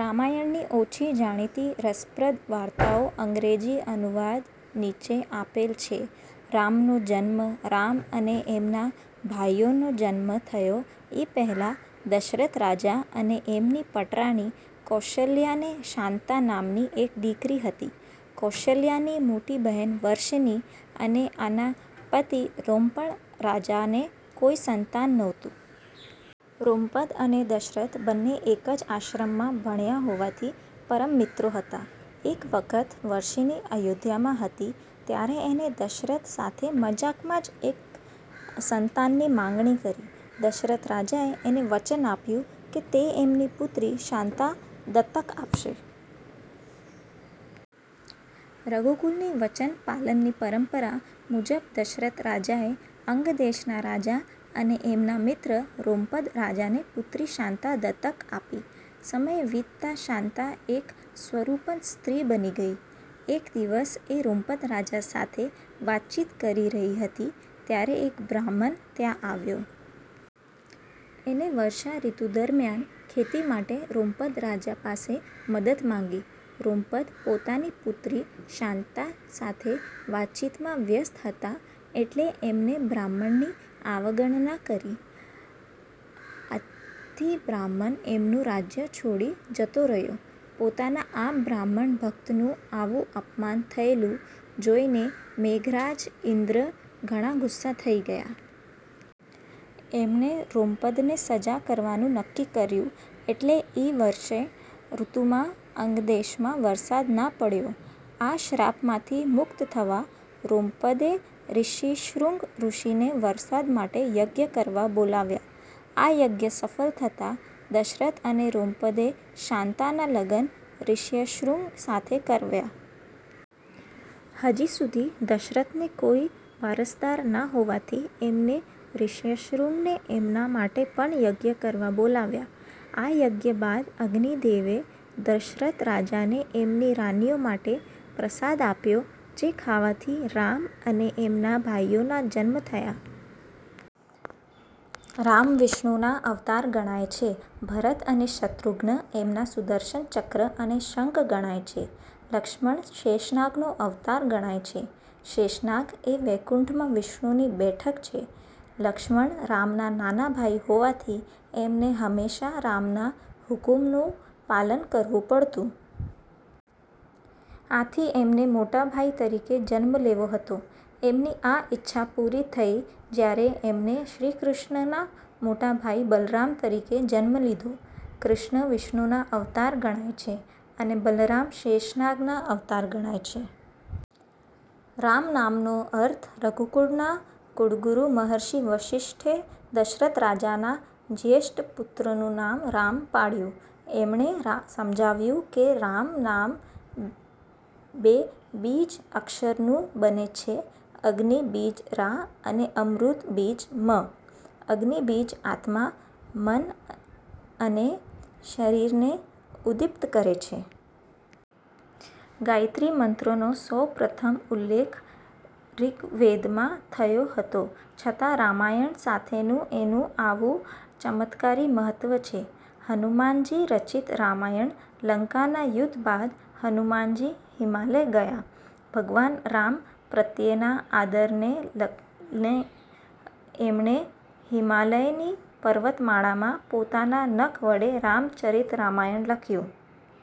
રામાયણની ઓછી જાણીતી રસપ્રદ વાર્તાઓ અંગ્રેજી અનુવાદ નીચે આપેલ છે રામનો જન્મ રામ અને એમના ભાઈઓનો જન્મ થયો એ પહેલાં દશરથ રાજા અને એમની પટરાણી કૌશલ્યાને શાંતા નામની એક દીકરી હતી. કૌશલ્યાની મોટી બહેન વર્ષિણી અને એના પતિ રોમપદ રાજાને કોઈ સંતાન નહોતું. રોમપદ અને દશરથ બંને એક જ આશ્રમમાં ભણ્યા હોવાથી પરમ મિત્રો હતા. એક વખત વર્ષિણી અયોધ્યામાં હતી ત્યારે એણે દશરથ સાથે મજાકમાં જ એક સંતાનની માંગણી કરી. દશરથ રાજાએ એને વચન આપ્યું કે તે એમની પુત્રી શાંતા દત્તક આપશે. રઘુકુળની વચન પાલનની પરંપરા મુજબ દશરથ રાજાએ અંગદેશના રાજા અને એમના મિત્ર રોમપદ રાજાને પુત્રી શાંતા દત્તક આપી. સમય વીતતાં શાંતા એક સ્વરૂપવાન સ્ત્રી બની ગઈ. એક દિવસ એ રોમપદ રાજા સાથે વાતચીત કરી રહી હતી ત્યારે એક બ્રાહ્મણ ત્યાં આવ્યો. એણે વર્ષા ઋતુ દરમ્યાન ખેતી માટે રોમપદ રાજા પાસે મદદ માંગી. રોમપદ પોતાની પુત્રી શાંતા સાથે વાતચીતમાં વ્યસ્ત હતા એટલે એમણે બ્રાહ્મણની અવગણના કરી. આથી બ્રાહ્મણ એમનું રાજય છોડી જતો રહ્યો. પોતાના આ બ્રાહ્મણ ભકતનું આવું અપમાન થયેલું જોઇને મેઘરાજ ઇન્દ્ર ઘણા ગુસ્સે થઇ ગયા. એમણે રોમપદને સજા કરવાનું નક્કી કર્યું એટલે એ વર્ષા ઋતુમાં અંગદેશમાં વરસાદ ન પડ્યો. આ શ્રાપમાંથી મુકત થવા રોમપદે રિશ્યશ્રુંગ ઋષિને વરસાદ માટે યજ્ઞ કરવા બોલાવ્યા. આ યજ્ઞ સફળ થતાં, દશરથ અને રોમપદે શાંતાના લગ્ન રિશ્યશ્રુંગ સાથે કરાવ્યાં. હજી સુધી દશરથને કોઈ વારસદાર ન હોવાથી એમણે રિશ્યશ્રુંગને એમના માટે પણ યજ્ઞ કરવા બોલાવ્યા. આ યજ્ઞ બાદ અગ્નિ દેવે દશરથ રાજાને એમની રાણીઓ માટે પ્રસાદ આપ્યો જે ખાવાથી રામ અને એમના ભાઈઓના જન્મ થયા. રામ વિષ્ણુના અવતાર ગણાય છે. ભરત અને શત્રુઘ્ન એમના સુદર્શન ચક્ર અને શંખ ગણાય છે. લક્ષ્મણ શેષનાગનો અવતાર ગણાય છે. શેષનાગ એ વૈકુંઠમાં વિષ્ણુની બેઠક છે. લક્ષ્મણ રામના નાના ભાઈ હોવાથી એમને હંમેશાં રામના હુકમોનું પાલન કરવું પડતું. આથી એમને મોટા ભાઈ તરીકે જન્મ લેવો હતો. એમની આ ઈચ્છા પૂરી થઇ જયારે એમણે શ્રીકૃષ્ણના મોટા ભાઈ બલરામ તરીકે જન્મ લીધો. કૃષ્ણ વિષ્ણુના અવતાર ગણાય છે અને બલરામ શેષનાગના અવતાર ગણાય છે. રામ નામનો અર્થ રઘુકુળના કુળગુરૂ મહર્ષિ વશિષ્ઠે દશરથ રાજાના જયેષ્ઠ પુત્રનું નામ રામ પાડ્યું. એમણે સમજાવ્યું કે 'રામ' નામ બે બીજ અક્ષરનું બને છે અગ્નિ બીજ 'રા' અને અમૃત બીજ 'મ'. અગ્નિ બીજ આત્મા, મન અને શરીરને ઉદ્દીપ્ત કરે છે. ગાયત્રી મંત્રનો સૌપ્રથમ ઉલ્લેખ ઋગ્વેદમાં થયો હતો છતાં રામાયણ સાથેનું એનું આવું ચમત્કારી મહત્વ છે. હનુમાનજી રચિત રામાયણ લંકાના યુદ્ધ બાદ હનુમાનજી હિમાલય ગયા. ભગવાન રામ પ્રત્યેના આદરને લઈને એમણે હિમાલયની પર્વતમાળામાં પોતાના નખ વડે રામ ચરિત રામાયણ લખ્યું.